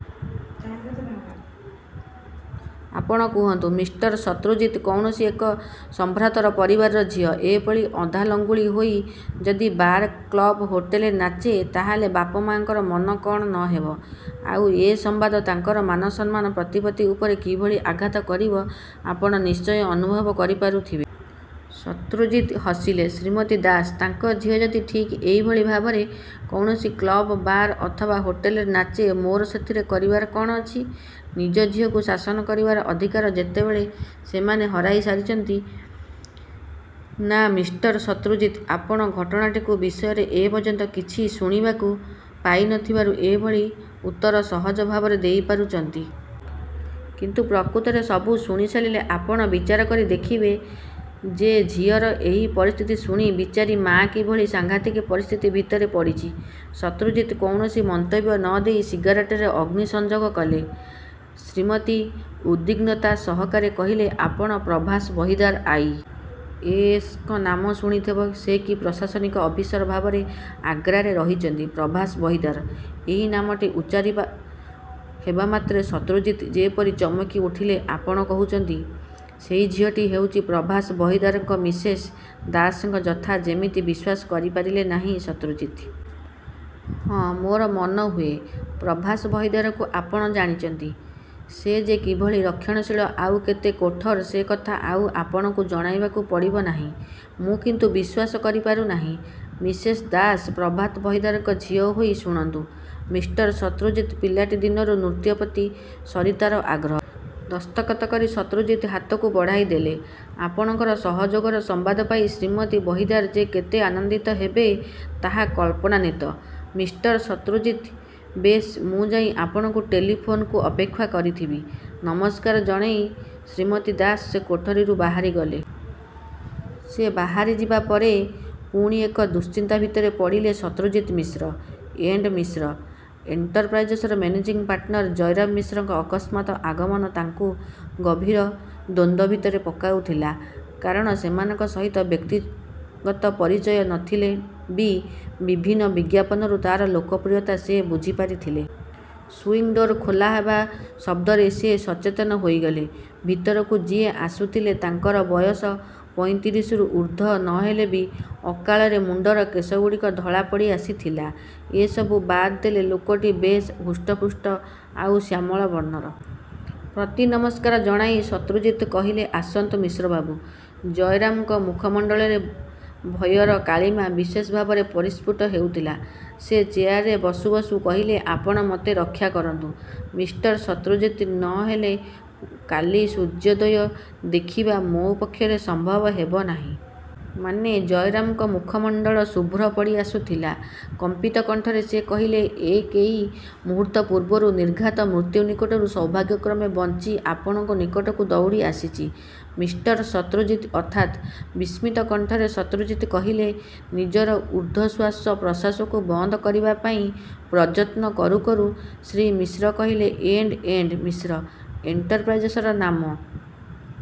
ଆପଣ କହନ୍ତୁ ମିଷ୍ଟର ଶତ୍ରୁଜିତ୍ କୌଣସି ଏକ ସମ୍ଭ୍ରାନ୍ତ ପରିବାରର ଝିଅ ଏଇଭଳି ଅଧାଲଙ୍ଗୁଳୀ ହେଇ ଯଦି ବାର କ୍ଳବ ହୋଟେଲରେ ନାଚେ ତା ହେଲେ ବାପ ମାଆଙ୍କର ମନ କଣ ନ ହେବ। ଆଉ ଏକ ସମ୍ବାଦ ତାଙ୍କର ମାନସମ୍ମାନ ପ୍ରତିପତ୍ତି ଉପରେ କିଭଳି ଆଘାତ କରିବ ଆପଣ ନିଶ୍ଚୟ ଅନୁଭବ କରିପାରୁଥିବେ। ଶତ୍ରୁଜିତ୍ ହସିଲେ ଶ୍ରୀମତୀ ଦାସ। ତାଙ୍କ ଝିଅ ଯଦି ଠିକ୍ ଏଇଭଳି ଭାବରେ କୌଣସି କ୍ଲବ ବାର ଅଥବା ହୋଟେଲରେ ନାଚେ ମୋର ସେଥିରେ କରିବାର କଣ ଅଛି? ନିଜ ଝିଅକୁ ଶାସନ କରିବାର ଅଧିକାର ଯେତେବେଳେ ସେମାନେ ହରାଇସାରିଛନ୍ତି ନା ମିଷ୍ଟର ଶତ୍ରୁଜିତ୍ ଆପଣ ଘଟଣାଟି ବିଷୟରେ ଏପର୍ଯ୍ୟନ୍ତ କିଛି ଶୁଣିବାକୁ ପାଇ ନ ଥିବାରୁ ଏଭଳି ଉତ୍ତର ସହଜ ଭାବରେ ଦେଇପାରୁଚନ୍ତି। କିନ୍ତୁ ପ୍ରକୃତରେ ସବୁ ଶୁଣିସାରିଲେ ଆପଣ ବିଚାର କରି ଦେଖିବେ ଯେ ଝିଅର ଏଇ ପରିସ୍ଥିତି ଶୁଣି ବିଚାରୀ ମା କିଭଳି ସାଂଘାତିକ ପରିସ୍ଥିତି ଭିତରେ ପଡ଼ିଛି। ଶତ୍ରୁଜିତ୍ କୌଣସି ମନ୍ତବ୍ୟ ନ ଦେଇ ସିଗାରେଟରେ ଅଗ୍ନି ସଂଯୋଗ କଲେ। ଶ୍ରୀମତୀ ଉଦ୍ବିଗ୍ନତା ସହକାରେ କହିଲେ ଆପଣ Prabhas Bahidar I. A. S. ଙ୍କ ନାମ ଶୁଣିଥିବେ ସେ କି ପ୍ରଶାସନିକ ଅଫିସର ଭାବରେ ଆଗ୍ରାରେ ରହିଛନ୍ତି ପ୍ରଭାସ ବହିଦାର ଏଇ ନାମଟି ଉଚ୍ଚାରିତ ହେବାମାତ୍ରେ ଶତ୍ରୁଜିତ୍ ଯେମିତି ଚମକିଉଠିଲେ ଆପଣ କହୁଛନ୍ତି । ସେଇ ଝିଅଟି ହେଉଛି ପ୍ରଭାସ ବହିଦାରଙ୍କର ମିସେସ୍ ଦାସଙ୍କ କଥା ଯେମିତି ବିଶ୍ୱାସ କରିପାରିଲେ ନାହିଁ ଶତ୍ରୁଜିତ୍। ହଁ, ମୋର ମନେହୁଏ, ପ୍ରଭାସ ବହିଦାରଙ୍କୁ ଆପଣ ଜାଣିଛନ୍ତି। ସେ ଯେ କିଭଳି ରକ୍ଷଣଶୀଳ ଆଉ କେତେ କଠୋର ସେକଥା ଆଉ ଆପଣଙ୍କୁ ଜଣାଇବାକୁ ପଡ଼ିବ ନାହିଁ। ମୁଁ କିନ୍ତୁ ବିଶ୍ୱାସ କରିପାରୁନାହିଁ । ମିସେସ ଦାସ ପ୍ରଭାତ ବହିଦାରଙ୍କ ଝିଅ ହୋଇ ଶୁଣନ୍ତୁ ମିଷ୍ଟର ଶତ୍ରୁଜିତ୍ ପିଲାଟି ଦିନରୁ ନୃତ୍ୟ ପ୍ରତି ସରିତାର ଆଗ୍ରହ। ଦସ୍ତଖତ୍ କରି ଶତ୍ରୁଜିତ୍ ହାତକୁ ବଢ଼ାଇଦେଲେ। ଆପଣଙ୍କର ସହଯୋଗର ସମ୍ବାଦ ପାଇ ଶ୍ରୀମତୀ ବହିଦାର ଯେ କେତେ ଆନନ୍ଦିତ ହେବେ ତାହା କଳ୍ପନାତୀତ। ମିଷ୍ଟର ଶତ୍ରୁଜିତ୍ ବେଶ୍ ମୁଁ ଯାଇ ଆପଣଙ୍କ ଟେଲିଫୋନ୍କୁ ଅପେକ୍ଷା କରିଥିବି। ନମସ୍କାର ଜଣାଇ ଶ୍ରୀମତୀ ଦାସ ସେ କୋଠରିରୁ ବାହାରିଗଲେ। ସେ ବାହାରିଯିବ ପରେ ପରେ ପୁଣି ଏକ ଦୁଶ୍ଚିନ୍ତା ଭିତରେ ପଡ଼ିଲେ ଶତ୍ରୁଜିତ୍ ମିଶ୍ର, ଏଣ୍ତ୍ ମିଶ୍ର, ଏଣ୍ଟରପ୍ରାଇଜର୍ସର ମେନେଜିଂ ପାର୍ଟନର ଜୟରାମ ମିଶ୍ରଙ୍କ ଅକସ୍ମାତ୍ ଆଗମନ ତାଙ୍କୁ ଗଭୀର ଦ୍ୱନ୍ଦ୍ୱ ଭିତରେ ପକାଉଥିଲା। କାରଣ ସେମାନଙ୍କ ସହିତ ବ୍ୟକ୍ତିଗତ ପରିଚୟ ନ ଥିଲେ ବି ବିଭିନ୍ନ ବିଜ୍ଞାପନରୁ ତାର ଲୋକପ୍ରିୟତା ସେ ବୁଝିପାରିଥିଲେ। ସୁଇଂଡୋର ଖୋଲା ହେବା ଶଦ୍ଦରେ ସେ ସଚେତନ ହୋଇଗଲେ। ଭିତରକୁ ଯିଏ ଆସୁଥିଲେ ତାଙ୍କର ବୟସ ପଇତିରିସି ରୁ ଊର୍ଦ୍ଧ୍ୱ ନ ହେଲେ ବି ଅକାଳରେ ମୁଣ୍ତର କେଶଗୁଡ଼ିକ ଧଳା ପଡ଼ିଆସିଥିଲା। ଏ ସବୁ ବାଦ୍ ଦେଲେ ଲୋକଟି ବେଶ୍ ହୃଷ୍ଟପୁଷ୍ଟ, ଆଉ ଶ୍ୟାମଳ ବର୍ଣ୍ଣର। ପ୍ରତିନମସ୍କାର ଜଣାଇ ଶତ୍ରୁଜିତ୍ କହିଲେ ଆସନ୍ତୁ ମିଶ୍ରବାବୁ। ଜୟରାମଙ୍କ ମୁଖମଣ୍ତଳରେ ଭୟର କାଳିମା ବିଶେଷ ଭାବରେ ପରିସ୍ପୁତ ହେଉଥିଲା। ସେ ଚେୟାରରେ ବସୁ ବସୁ କହିଲେ ଆପଣ ମୋତେ ରକ୍ଷା କରନ୍ତୁ। ମିଷ୍ଟର ଶତ୍ରୁଜିତ୍ ନ ହେଲେ କାଲି ହୁଏତ ସୂର୍ଯ୍ୟୋଦୟ ଦେଖିବା ମୋ ପକ୍ଷରେ ସମ୍ଭବ ହେବ ନାହିଁ। ମାନେ ଜୟରାମଙ୍କର ମୁଖମଣ୍ତଳ ଶୁଭ୍ର ପଡ଼ିଆସୁଥିଲା। କମ୍ପିତ କଣ୍ଠରେ ସେ କହିଲେ ଏଇ କେଇ ମୁହୂର୍ତ୍ତ ପୂର୍ବରୁ ନିର୍ଘାତ ମୃତ୍ୟୁ ନିକଟରୁ ସୌଭାଗ୍ୟକ୍ରମେ ବଞ୍ଚି ଆପଣଙ୍କ ନିକଟକୁ ଦୌଡ଼ିଆସିଛି। ମିଷ୍ଟର ଶତ୍ରୁଜିତ୍ ଅର୍ଥାତ୍ ବିସ୍ମିତ କଣ୍ଠରେ ଶତ୍ରୁଜିତ୍ କହିଲେ। ନିଜର ଊର୍ଦ୍ଧ୍ୱ ଶ୍ୱାସ ପ୍ରଶ୍ୱାସକୁ ବନ୍ଦ କରିବାପାଇଁ ପ୍ରଯତ୍ନ କରୁକରୁ ଶ୍ରୀ ମିଶ୍ର କହିଲେ ଏଣ୍ଡ ଏଣ୍ତ୍ ମିଶ୍ର ଏଣ୍ଟରପ୍ରାଇଜର୍ସର ନାମ ।